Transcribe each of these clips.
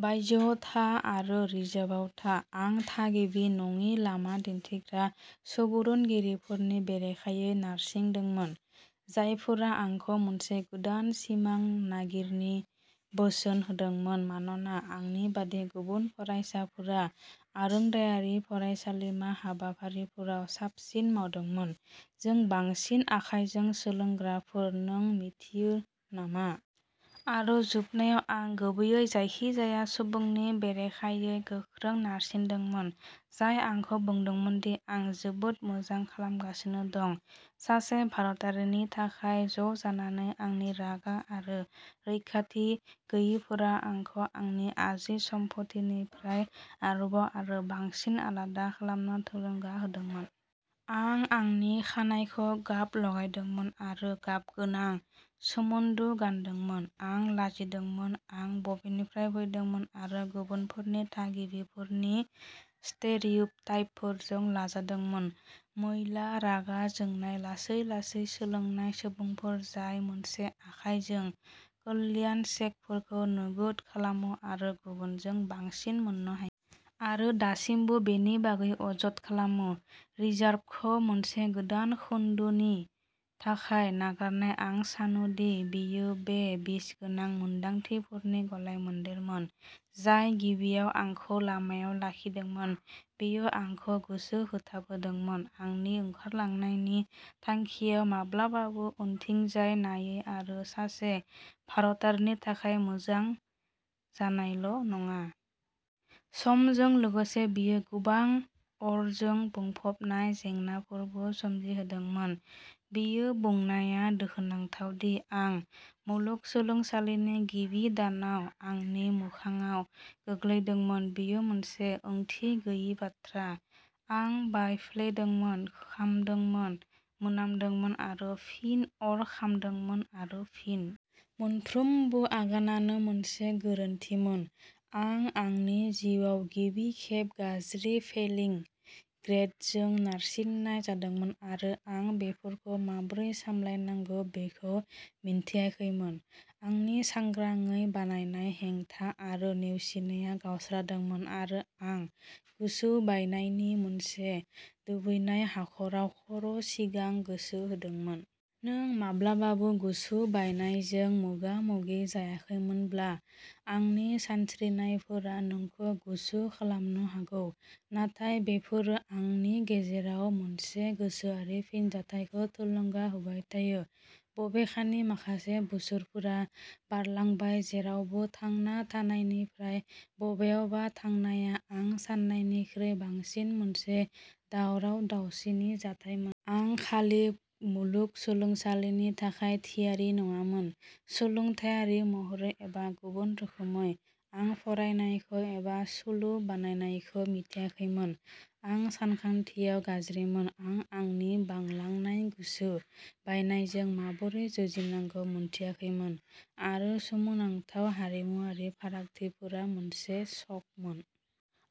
बायजोआव था आरो रिजार्भआव था। आं थागिबि-नङि लामा दिन्थिग्रा सुबुरुनगिरिफोरनि बेरेखायै नारसिंदोंमोन, जायफोरा आंखौ "मोनसे गोदान सिमां नागिर" नि बोसोन होदोंमोन, मानोना आंनि बायदि गुबुन फरायसाफोरा आरोंदायारि फरायसालिमा हाबाफारिफोराव साबसिन मावदोंमोन। जों बांसिन, आखायजों सोलोंग्राफोर, नों मिथियो नामा? आरो जोबनायाव, आं गुबैयै जायखिजाया सुबुंनि बेरेखायै गोख्रों नारसिन्दोंमोन, जाय आंखौ बुंदोंमोन दि आं जोबोद मोजां खालामगासिनो दं। सासे भारतारिनि थाखाय। ज'जानानै, आंनि रागा आरो रैखाथि गैयैफोरा आंखौ आंनि आजौसमफथिनिफ्राय आरोबाव आरो बांसिन आलादा खालामनो थुलुंगा होदोंमोन। आं आंनि खानाइखौ गाब लागायदोंमोन आरो गाबगोनां सोमोन्दो गानदोंमोन। आं लाजिदोंमोन आं बबेनिफ्राय फैदोंमोन, आरो गुबुनफोरनि थागिबिफोरनि स्टेरियोटाइपफोरजों लाजादोंमोनः मैला, रागा जोंनाय, लासै-लासै सोलोंनाय सुबुंफोर जाय मोनसे आखाइजों कल्याण चेकफोरखौ नोगोद खालामो आरो गुबुनजों बांसिन मोननो हायो आरो दासिमबो बेनि बागै अजद खालामो। रिजार्भखौ मोनसे गोदान खोन्दोनि थाखाय नागारनाय। आं सानो दि बेयो बे बिसगोनां मोन्दांथिफोरनि गलायमोनदेरमोन जाय गिबियाव आंखौ लामायाव लाखिदोंमोन। बेयो आंखौ गोसो होथाबहोदोंमोन। आंनि ओंखारलांनायनि थांखिआव, माब्लाबाबो उनथिंजाय नायै, आरो सासे भारतारिनि थाखाय मोजां जानायल'नङा। समजों लोगोसे, बेयो गोबां अरजों बुंफबनाय जेंनाफोरबो सोमजिहोदोंमोन। बेखौ बुंनाया दुखुनांथाव दि आं मुलुगसोलोंसालिनि गिबि दानाव आंनि मोखांआव गोग्लैदोंमोन, बेयो मोनसे ओंथि गैयै बाथ्रा। आं बायफ्लेदोंमोन, खामदोंमोन, मोनामदोंमोन, आरो फिन अर खामदोंमोन। आरो फिन। मोनफ्रोमबो आगानानो मोनसे गोरोन्थिमोन। आं आंनि जिउआव गिबि खेब गाज्रि, फेलिं ग्रेडजों नारसिन्नाय जादोंमोन आरो आं बेफोरखौ माबोरै सामलायनांगौ बेखौ मिन्थियाखैमोन। आंनि सांग्राङै बानायनाय हेंथा आरो नेवसिनाया गावस्रादोंमोन, आरो आं गोसो बायनायनि मोनसे दोबैनाय हाखराव खर'सिगां गोसो होदोंमोन। नों माब्लाबाबो गोसो बायनायजों मोगा-मोगि जायाखैमोनब्ला, आंनि सानस्रिनायफोरा नोंखौ गुसु खालामनो हागौ। नाथाय बेफोरो आंनि गेजेराव मोनसे गोसोआरि फिनजाथायखौ थुलुंगा होबाय थायो, बबेखानि माखासे बोसोरफोरा बारलांबाय। जेरावबो थांना थानायनिफ्राय बबेयावबा थांनाया आं सान्नायनिख्रुइ बांसिन मोनसे दावराव-दावसिनि जाथायमोन। आं खालि। मुलुग सोलोंसालिनि थाखाय थियारि नङामोन; सोलोंथायारि महरै एबा गुबुन रोखोमै। आं फरायनायखौ एबा सोलो बानायनायखौ मिथियाखैमोन, आं सानखान्थियाव गाज्रिमोन, आं आंनि बांलांनाय गोसो बायनायजों माबोरै जुजिनांगौ मोनथियाखैमोन, आरो सोमोनांथाव हारिमुआरि फारागथिफोरा मोनसे शकमोन।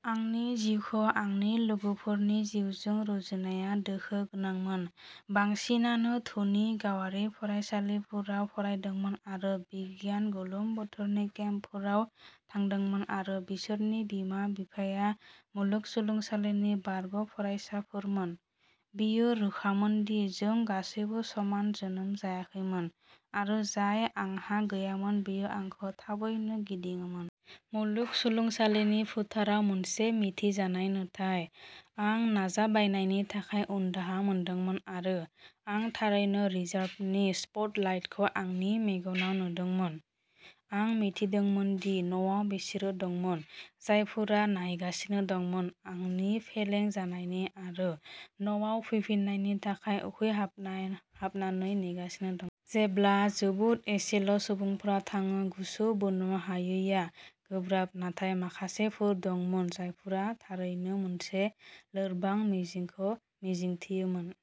आंनि जिउखौ आंनि लोगोफोरनि जिउजों रुजुननाया दुखु गोनांमोन। बांसिनानो धोनि गावारि फरायसालिफोराव फरायदोंमोन आरो बिगियान गोलोम बोथोरनि केम्पफोराव थांदोंमोन, आरो बिसोरनि बिमा-बिफाया मुलुगसोलोंसालिनि बारग'फरायसाफोरमोन। बेयो रोखामोन दि जों गासैबो समान जोनोम जायाखैमोन, आरो जाय आंहा गैयामोन बेयो आंखौ थाबैनो गिदिङोमोन। मुलुग सोलोंसालिनि फोथाराव मोनसे मिथिजानाय नुथाय। आं नाजाबायनायनि थाखाय उनदाहा मोनदोंमोन, आरो आं थारैनो रिजार्भनि स्पटलाइटखौ आंनि मेगनाव नुदोंमोन। आं मिथिदोंमोन दि न'आव बिसोर दंमोन जायफोरा नायगासिनो दंमोन, आंनि फेलें जानायनि आरो न'आव फैनायनि थाखाय उखैहाबनानै नेगासिनो दंमोन। जेब्ला जोबोद एसेल'सुबुंफोरा थाङो, गोसो बोनो हायैआ गोब्राब। नाथाय माखासेफोर दंमोन जायफोरा थारैनो मोनसे लोरबां मिजिंखौ मिजिंथियोमोन।